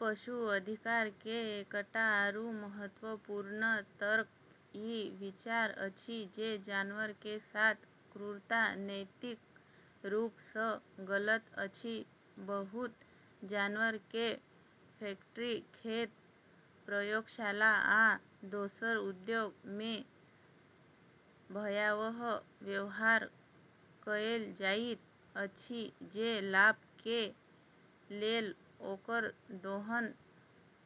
पशु अधिकार के एकटा आरू महत्वपूर्ण तर्क ई विचार अछि जे जानवर के साथ क्रूरता नैतिक रूप सँ गलत अछि। बहुत जानवर के फैक्ट्री खेत, प्रयोगशाला, आ दोसर उद्योग मे भयावह व्यवहार कएल जाइत अछि जे लाभ के लेल ओकर दोहन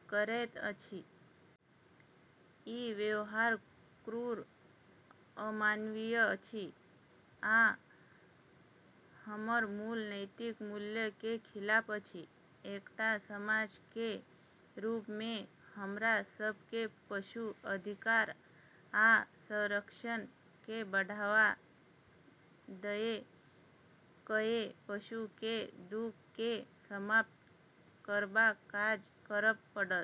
करैत अछि। ई व्यवहार क्रूर, अमानवीय अछि आ हमर मूल नैतिक मूल्य के खिलाफ अछि। एकटा समाज के रूप मे हमरा सब के पशु अधिकार आ संरक्षण के बढ़ावा दए कए पशु के दुख के समाप्त करबाक काज करब पड़त।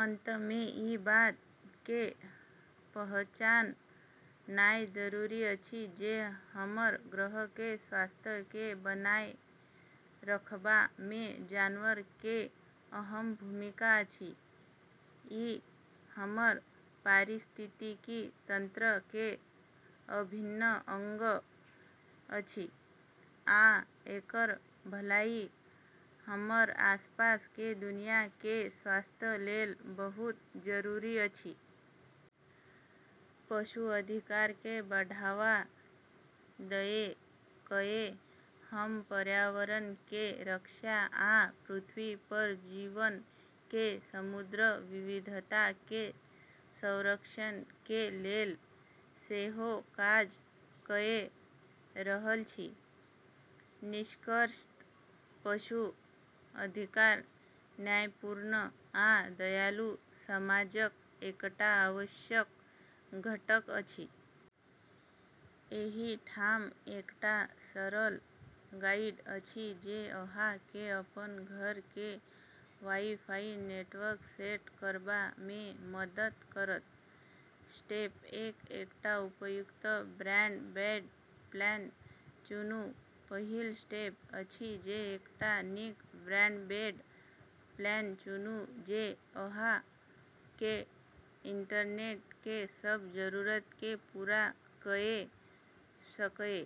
अंत मे ई बात के पहचाननाय जरूरी अछि जे हमर ग्रह के स्वास्थ्य के बनाए रखबा मे जानवर के अहम भूमिका अछि। ई हमर पारिस्थितिकी तंत्र के अभिन्न अंग अछि, आ एकर भलाई हमर आसपास के दुनिया के स्वास्थ्य लेल बहुत जरूरी अछि। पशु अधिकार के बढ़ावा दए कए हम पर्यावरण के रक्षा आ पृथ्वी पर जीवन के समृद्ध विविधता के संरक्षण के लेल सेहो काज कए रहल छी। निष्कर्षतः पशु अधिकार न्यायपूर्ण आ दयालु समाजक एकटा आवश्यक घटक अछि। एहि ठाम एकटा सरल गाइड अछि जे अहाँ के अपन घर के वाई-फाई नेटवर्क सेट करबा मे मदद करत। स्टेप एक एकटा उपयुक्त ब्रॉडबैंड प्लान चुनू। पहिल स्टेप अछि जे एकटा नीक ब्रॉडबैंड प्लान चुनू जे अहाँ के इंटरनेट के सब जरूरत के पूरा कए सकए।